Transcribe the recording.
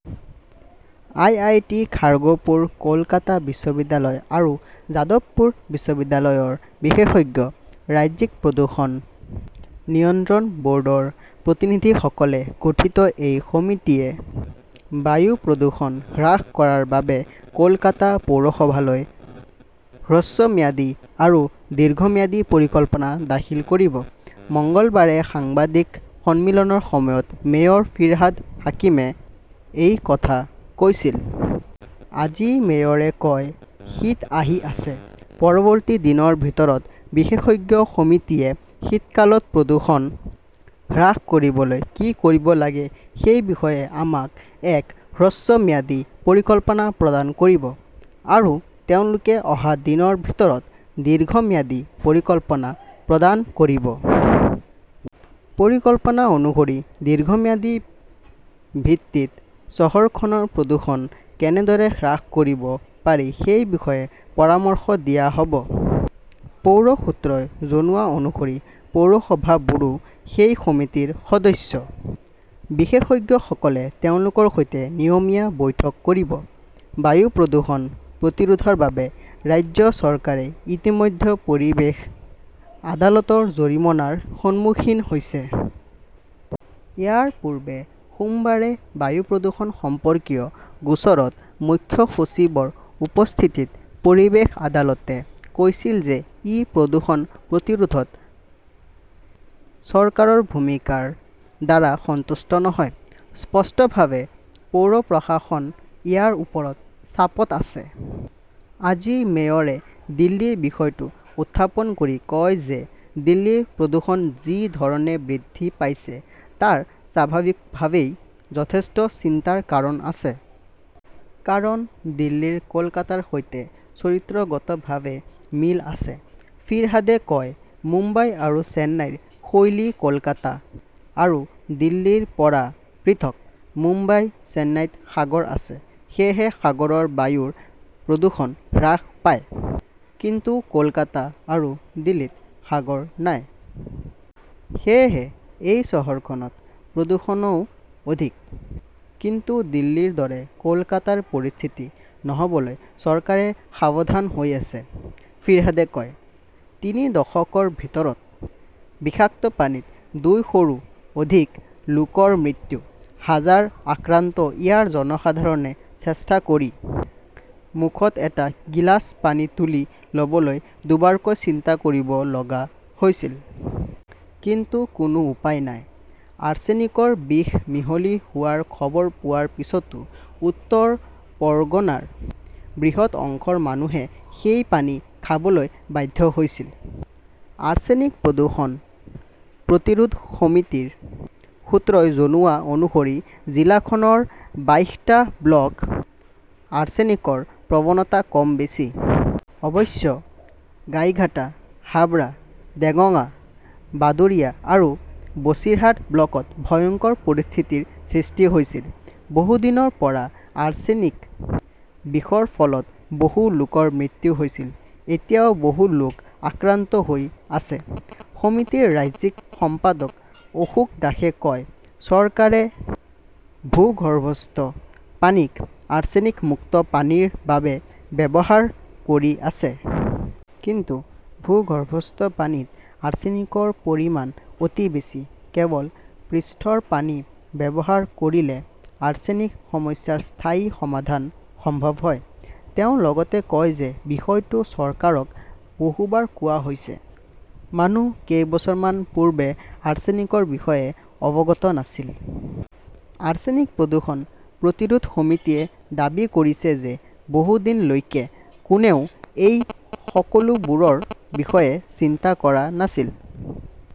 I I T Kharagpur, Kolkata বিশ্ববিদ্যালয় আৰু যাদৱপুৰ বিশ্ববিদ্যালয়ৰ বিশেষজ্ঞ, ৰাজ্যিক প্ৰদূষণ নিয়ন্ত্ৰণ ব'ৰ্ডৰ প্ৰতিনিধিসকলে গঠিত এই সমিতিয়ে বায়ু প্ৰদূষণ হ্ৰাস কৰাৰ বাবে কলকাতা পৌৰসভালৈ হ্ৰস্বম্যাদী আৰু দীৰ্ঘম্যাদী পৰিকল্পনা দাখিল কৰিব। মঙলবাৰে সাংবাদিক সন্মিলনৰ সময়ত মেয়ৰ ফিৰহাদ হাকিমে এই কথা কৈছিল। আজি মেয়ৰে কয়, "শীত আহি আছে। পৰৱৰ্তী দিনৰ ভিতৰত বিশেষজ্ঞ সমিতিয়ে শীতকালত প্ৰদূষণ হ্ৰাস কৰিবলৈ কি কৰিব লাগে সেই বিষয়ে আমাক এক হ্ৰস্বম্যাদী পৰিকল্পনা প্ৰদান কৰিব। আৰু তেওঁলোকে অহা দিনৰ ভিতৰত দীৰ্ঘম্যাদী পৰিকল্পনা প্ৰদান কৰিব। পৰিকল্পনা অনুসৰি দীৰ্ঘম্যাদী ভিত্তিত চহৰখনৰ প্ৰদূষণ কেনেদৰে হ্ৰাস কৰিব পাৰি সেই বিষয়ে পৰামৰ্শ দিয়া হ'ব।" পৌৰ সূত্ৰই জনোৱা অনুসৰি পৌৰসভাবোৰো সেই সমিতিৰ সদস্য। বিশেষজ্ঞসকলে তেওঁলোকৰ সৈতে নিয়মীয়া বৈঠক কৰিব। বায়ু প্ৰদূষণ প্ৰতিৰোধৰ বাবে ৰাজ্য চৰকাৰে ইতিমধ্যে পৰিৱেশ আদালতৰ জৰিমনাৰ সন্মুখীন হৈছে। ইয়াৰ পূৰ্বে সোমবাৰে বায়ু প্ৰদূষণ সম্পৰ্কীয় গোচৰত মুখ্য সচিবৰ উপস্থিতিত পৰিৱেশ আদালতে কৈছিল যে ই প্ৰদূষণ প্ৰতিৰোধত চৰকাৰৰ ভূমিকাৰ দ্বাৰা সন্তুষ্ট নহয়। স্পষ্টভাৱে পৌৰ প্ৰশাসন ইয়াৰ ওপৰত চাপত আছে। আজি মেয়ৰে দিল্লীৰ বিষয়টো উত্থাপন কৰি কয় যে দিল্লীৰ প্ৰদূষণ যি ধৰণে বৃদ্ধি পাইছে তাত স্বাভাৱিকভাৱেই যথেষ্ট চিন্তাৰ কাৰণ আছে। কাৰণ দিল্লীৰ কলকাতাৰ সৈতে চৰিত্ৰগতভাৱে মিল আছে। ফিৰহাদে কয়, "মুম্বাই আৰু চেন্নাইৰ শৈলী কলকাতা আৰু দিল্লীৰ পৰা পৃথক। মুম্বাই, চেন্নাইত সাগৰ আছে। সেয়েহে সাগৰৰ বায়ুৰ প্ৰদূষণ হ্ৰাস পায়। কিন্তু কলকাতা আৰু দিল্লীত সাগৰ নাই। সেয়েহে এই চহৰখনত প্ৰদূষণও অধিক। কিন্তু দিল্লীৰ দৰে কলকাতাৰ পৰিস্থিতি নহ'বলৈ চৰকাৰে সাৱধান হৈ আছে ", ফিৰহাদে কয়। তিনি দশকৰ ভিতৰত বিষাক্ত পানীত দুই শৰো অধিক লোকৰ মৃত্যু, হাজাৰ আক্ৰান্ত ইয়াৰ জনসাধাৰণে চেষ্টা কৰি মুখত এটা গিলাচ পানী তুলি ল'বলৈ দুবাৰকৈ চিন্তা কৰিব লগা হৈছিল। কিন্তু কোনো উপায় নাই। আৰ্ছেনিকৰ বিষ মিহলি হোৱাৰ খবৰ পোৱাৰ পিছতো উত্তৰ পৰ্গনাৰ বৃহৎ অংশৰ মানুহে সেই পানী খাবলৈ বাধ্য হৈছিল। আৰ্ছেনিক প্ৰদূষণ প্ৰতিৰোধ সমিতিৰ সূত্ৰই জনোৱা অনুসৰি জিলাখনৰ বাইশটা ব্লক আৰ্ছেনিকৰ প্ৰৱণতা কম বেছি। অৱশ্য, গাইঘাটা, হাবৰা, দেগঙ্গা, বাদুৰিয়া আৰু বছিৰহাট ব্লকত ভয়ংকৰ পৰিস্থিতিৰ সৃষ্টি হৈছিল। বহুদিনৰ পৰা আৰ্ছেনিক বিষৰ ফলত বহু লোকৰ মৃত্যু হৈছিল। এতিয়াও বহু লোক আক্ৰান্ত হৈ আছে। সমিতিৰ ৰাজ্যিক সম্পাদক অশোক দাসে কয়, "চৰকাৰে ভূগৰ্ভস্থ পানীক আৰ্ছেনিক মুক্ত পানীৰ বাবে ব্যৱহাৰ কৰি আছে। কিন্তু ভূগৰ্ভস্থ পানীত আৰ্ছেনিকৰ পৰিমাণ অতি বেছি। কেৱল পৃষ্ঠৰ পানী ব্যৱহাৰ কৰিলে আৰ্ছেনিক-সমস্যাৰ স্থায়ী সমাধান সম্ভৱ হয়।" তেওঁ লগতে কয় যে বিষয়টো চৰকাৰক বহুবাৰ কোৱা হৈছে। মানুহ কেইবছৰমান পূৰ্বে আৰ্ছেনিকৰ বিষয়ে অৱগত নাছিল। আৰ্ছেনিক প্ৰদূষণ প্ৰতিৰোধ সমিতিয়ে দাবী কৰিছে যে বহুদিনলৈকে কোনেও এই সকলোবোৰৰ বিষয়ে চিন্তা কৰা নাছিল।